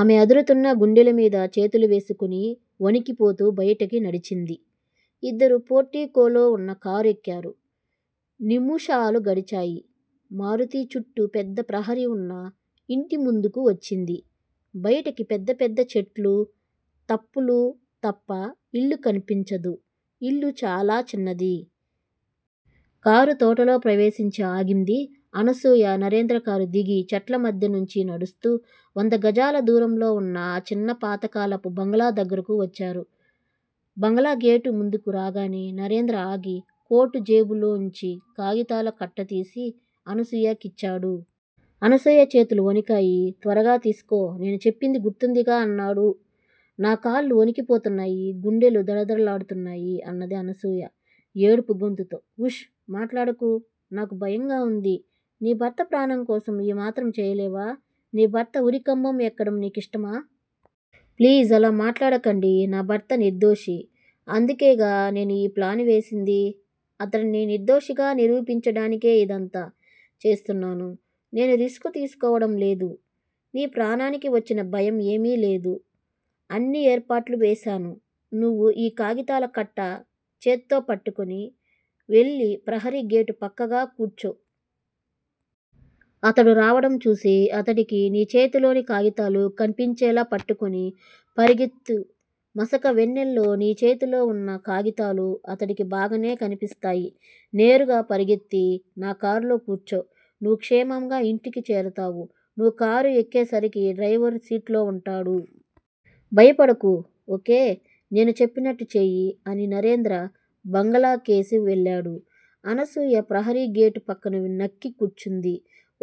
ఆమె అదురుతున్న గుండెలమీద చేతులు వేసుకొని వణికిపోతూ బయటికి నడిచింది. ఇద్దరూ పోర్టికోలో ఉన్నకారు ఎక్కారు. నిముషాలు గడిచాయి. మారుతి చుట్టూ పెద్ద ప్రహరీ ఉన్న ఇంటి ముందుకు వచ్చింది బయటికి పెద్ద పెద్ద చెట్లూ, తప్పులూ తప్ప ఇల్లు కన్పించదు. ఇల్లు చాలా చిన్నది. కారు తోటలో ప్రవేశించి ఆగింది. అనసూయ- నరేంద్రకారు దిగి చెట్ల మధ్య నుంచి నడుస్తూ వంద గజాల దూరంలో ఉన్న ఆ చిన్న పాతకాలపు బంగళా దగ్గరకు వచ్చారు. బంగళా గేటు ముందుకు రాగానే నరేంద్ర ఆగి కోటు జేబు లోంచి కాగితాల కట్టతీసి అనసూయ కిచ్చాడు. అనసూయ చేతులు వణికాయి. త్వరగా తీసుకో, నేను చెప్పింది గుర్తుందిగా? అన్నాడు. నాకు కాళ్ళు వణికిపోతున్నాయి. గుండెలు దడదడలాడుతున్నాయి అన్నది అనసూయ ఏడుపుగొంతుతో. ఉష్! మాట్లాడకు. నాకు భయంగా ఉంది. నీ భర్త ప్రాణం కోసం ఈ మాత్రం చెయ్యలేవా? నీ భర్త ఉరికంబం ఎక్కడం నీకు ఇష్టమా? ప్లీజ్ అలా మాట్లాడకండి. నా భర్త నిర్దోషి. అందుకేగా నేను ఈ ప్లాను వేసింది. అతడ్ని నిర్దోషిగా నిరూపించడానికే ఇదంతా చేస్తున్నాను. నేను రిస్క్ తీసుకోవడంలేదూ? నీ ప్రాణానికి వచ్చిన భయం ఏమీలేదు. అన్ని ఏర్పాట్లూ వేశాను. నువ్వు ఈ కాగితాల కట్ట చెత్తో పట్టుకొని వెళ్ళి ప్రహరీగేటు పక్కగా కూర్చో. అతడు రావడం చూసి అతడికి నీ చేతిలోని కాగితాలు కన్పించేళా పట్టుకొని పరిగెత్తు మసక వెన్నెల్లో నీ చేతిలో ఉన్న కాగితాలు అతడికి బాగానే కన్పిస్తాయి. నేరుగా పరిగెత్తి నా కార్లో కూర్చో. నువ్వు క్షేమంగా ఇంటికి చేరతావు. నువ్వు కారు ఎక్కేసరికి డ్రైవర్ సీట్లో ఉంటాడు. భయపడకు ఓ. కే! నేను చెప్పినట్టు చెయ్యి అని నరేంద్ర బంగళా కేసి వెళ్ళాడు. అనసూయ ప్రహరీ గేటు పక్కన నక్కి కూర్చుంది.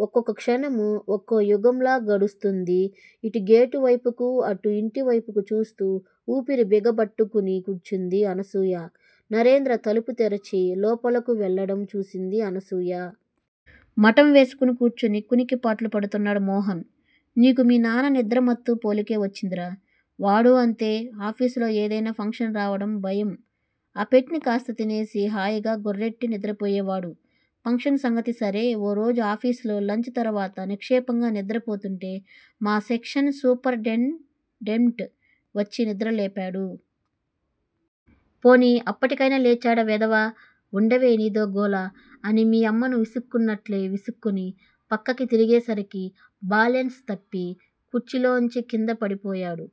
ఒక్కొక్క క్షణం ఒక్కో యుగంలా గడుస్తోంది. ఇటు గేటు వైపుకూ అటు ఇంటివైపుకూ చూస్తూ, ఊపిరి బిగబట్టుకుని కూర్చుంది అనసూయ. నరేంద్ర తలుపు తెరిచి లోపలకు వెళ్ళడం చూసింది అనసూయ. మఠం వేసుకుని కూర్చుని కునికిపాట్లు పడుతున్నాడు మోహన్. నీకూ మీ నాన్న నిద్రమత్తు పోలికే వచ్చిందిరా! వాడూ అంతే. ఆఫీసులో ఏదయినా ఫంక్షన్ రావడం భయం ఆ పెట్టిన కాస్తా తినేసి హాయిగా గుర్రెట్టి నిద్రపోయేవాడు. ఫంక్షన్ సంగతి సరే ఓరోజు ఆఫీసులో లంచ్ తరువాత నిక్షేపంగా నిద్రపోతుంటే మా సెక్షన్ సూపరెంటెండెంట్ వచ్చినిద్రలేపాడు. పోనీ అప్పటికయినా లేచాడా వెధవ! ఉండవే నీదో గోల! అని మీ అమ్మను విసుక్కున్నట్లే విసుక్కుని పక్కకి తిరిగేసరికి బాలెన్స్ తప్పి కుర్చీలోంచి కిందపడిపోయాడు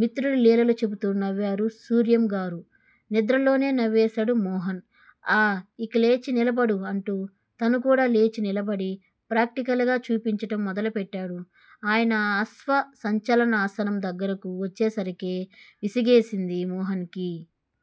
మిత్రుడి లీలలు చెప్పుతూ నవ్వారు సూర్యంగారు. నిద్రలోనే నవ్వేసాడు మోహన్. ఆ! ఇక లేచి నిలబడు! అంటూ తనుకూడా లేచి నిలబడి ప్రాక్టికల్ గా చూపించటం మొదలు పెట్టాడు ఆయన అశ్వసంచాలనాసనం దగ్గరకు వచ్చేసరికే విసుగేసింది మోహన్ కి.